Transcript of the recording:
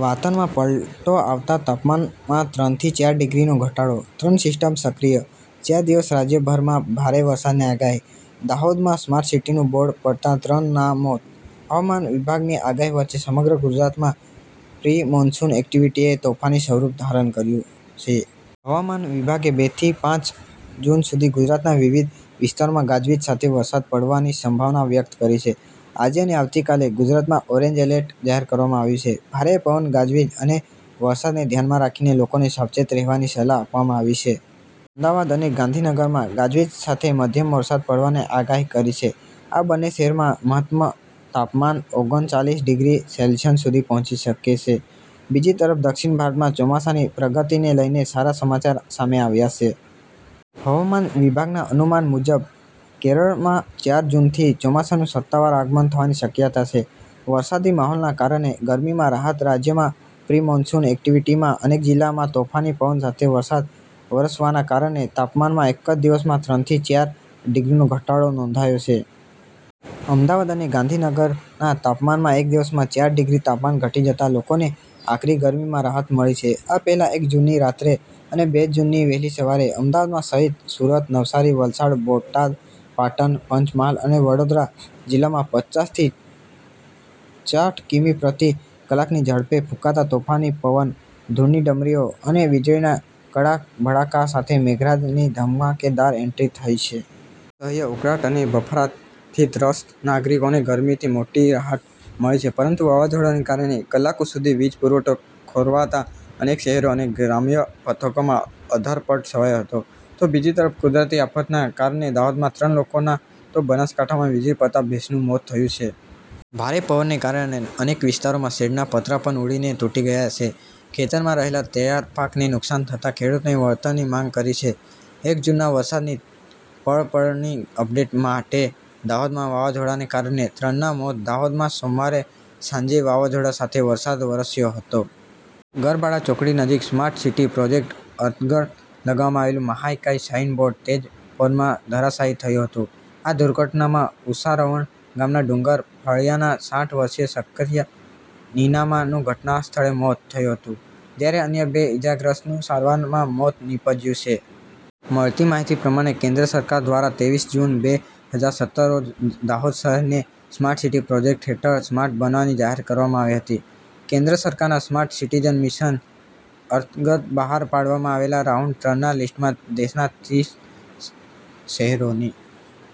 વાતાવરણમાં પલટો આવતા તાપમાનમાં ત્રણ થી ચાર ડિગ્રીનો ઘટાડો. ત્રણ સિસ્ટમ સક્રિય, ચાર દિવસ રાજ્યભરમાં ભારે વરસાદની આગાહી. દાહોદમાં 'સ્માર્ટ સિટી'નું બોર્ડ પડતાં ત્રણ ના મોત. હવામાન વિભાગની આગાહી વચ્ચે સમગ્ર ગુજરાતમાં પ્રી-મોન્સૂન એક્ટિવિટીએ તોફાની સ્વરૂપ ધારણ કર્યું છે. હવામાન વિભાગે બે થી પાંચ જૂન સુધી ગુજરાતના વિવિધ વિસ્તારોમાં ગાજવીજ સાથે વરસાદ પડવાની સંભાવના વ્યક્ત કરી છે. આજે અને આવતીકાલે ગુજરાતમાં ઓરેન્જ એલર્ટ જાહેર કરવામાં આવ્યું છે. ભારે પવન, ગાજવીજ અને વરસાદને ધ્યાનમાં રાખીને લોકોને સાવચેત રહેવાની સલાહ આપવામાં આવી છે. અમદાવાદ અને ગાંધીનગરમાં ગાજવીજ સાથે મધ્યમ વરસાદ પડવાની આગાહી કરી છે. આ બન્ને શહેરમાં મહત્તમ તાપમાન ઓગન ચાલીસ ડિગ્રી સેલ્સિયસ સુધી પહોંચી શકે છે. બીજી તરફ, દક્ષિણ ભારતમાં ચોમાસાની પ્રગતિને લઈને સારા સમાચાર સામે આવ્યા છે. હવામાન વિભાગના અનુમાન મુજબ, કેરળમાં ચાર જૂનથી ચોમાસાનું સત્તાવાર આગમન થવાની શક્યતા છે. વરસાદી માહોલના કારણે ગરમીમાં રાહત રાજ્યમાં પ્રિમોન્સૂન એક્ટિવિટીમાં અનેક જિલ્લામાં તોફાની પવન સાથે વરસાદ વરસવાના કારણે તાપમાનમાં એક જ દિવસમાં ત્રણ થી ચાર ડિગ્રીનો ઘટાડો નોંધાયો છે. અમદાવાદ અને ગાંધીનગરના તાપમાનમાં એક દિવસમાં ચાર ડિગ્રી તાપમાન ઘટી જતા લોકોને આકરી ગરમીમાં રાહત મળી છે. આ પહેલાં એક જૂનની રાત્રે અને બે જૂનની વહેલી સવારે અમદાવાદ સહિત સુરત, નવસારી, વલસાડ, બોટાદ, પાટણ, પંચમહાલ અને વડોદરા જિલ્લામાં પચાસ થી ચાઠ કિમી પ્રતિ કલાકની ઝડપે ફૂંકાતા તોફાની પવન, ધૂળની ડમરીઓ અને વીજળીના કડાકા-ભડાકા સાથે મેઘરાજાની ધમાકેદાર એન્ટ્રી થઈ છે. અસહ્ય ઉકળાટ અને બફારાથી ત્રસ્ત નાગરિકોને ગરમીથી મોટી રાહત મળી છે, પરંતુ વાવાઝોડાને કારણે કલાકો સુધી વીજ પુરવઠો ખોરવાતા અનેક શહેરો અને ગ્રામ્ય પંથકોમાં અંધારપટ છવાયો હતો. તો બીજી તરફ કુદરતી આફતના કારણે દાહોદમાં ત્રણ લોકોના તો બનાસકાંઠામાં વીજળી પડતા ભેંસનું મોત થયું છે. ભારે પવનને કારણે અનેક વિસ્તારોમાં શેડના પતરા પણ ઉડીને તૂટી ગયાં છે. ખેતરમાં રહેલા તૈયાર પાકને નુકસાન થતાં ખેડૂતોએ વળતરની માગ કરી છે. એક જૂનના વરસાદની પળેપળની અપડેટ માટે. દાહોદમાં વાવાઝોડાને કારણે ત્રણના મોત દાહોદમાં સોમવારે સાંજે વાવાઝોડા સાથે વરસાદ વરસ્યો હતો. ગરબાડા ચોકડી નજીક સ્માર્ટ સિટી પ્રોજેક્ટ અંતર્ગત લગાવવામાં આવેલું મહાકાય સાઈન બોર્ડ તેજ પવનમાં ધરાશાયી થયું હતું. આ દુર્ઘટનામાં ઉસારવણ ગામના ડુંગર ફળિયાના સાઠ વર્ષીય શક્કરિયા નિનામાનું ઘટનાસ્થળે મોત થયું હતું, જ્યારે અન્ય બે ઈજાગ્રસ્તનું સારવારમાં મોત નીપજ્યું છે. મળતી માહિતી પ્રમાણે, કેન્દ્ર સરકાર દ્વારા ત્રેવીસ જૂન, બે હજાર સત્તર રોજ દાહોદ શહેરને સ્માર્ટ સિટી પ્રોજેક્ટ હેથળ સ્માર્ટ બનાવવાની જાહેરાત કરવામાં આવી હતી. કેન્દ્ર સરકારના 'સ્માર્ટ સિટીઝ મિશન' અંતર્ગત બહાર પાડવામાં આવેલા રાઉન્ડ-ત્રણ ના લિસ્ટમાં દેશના ત્રીસ શહેરોની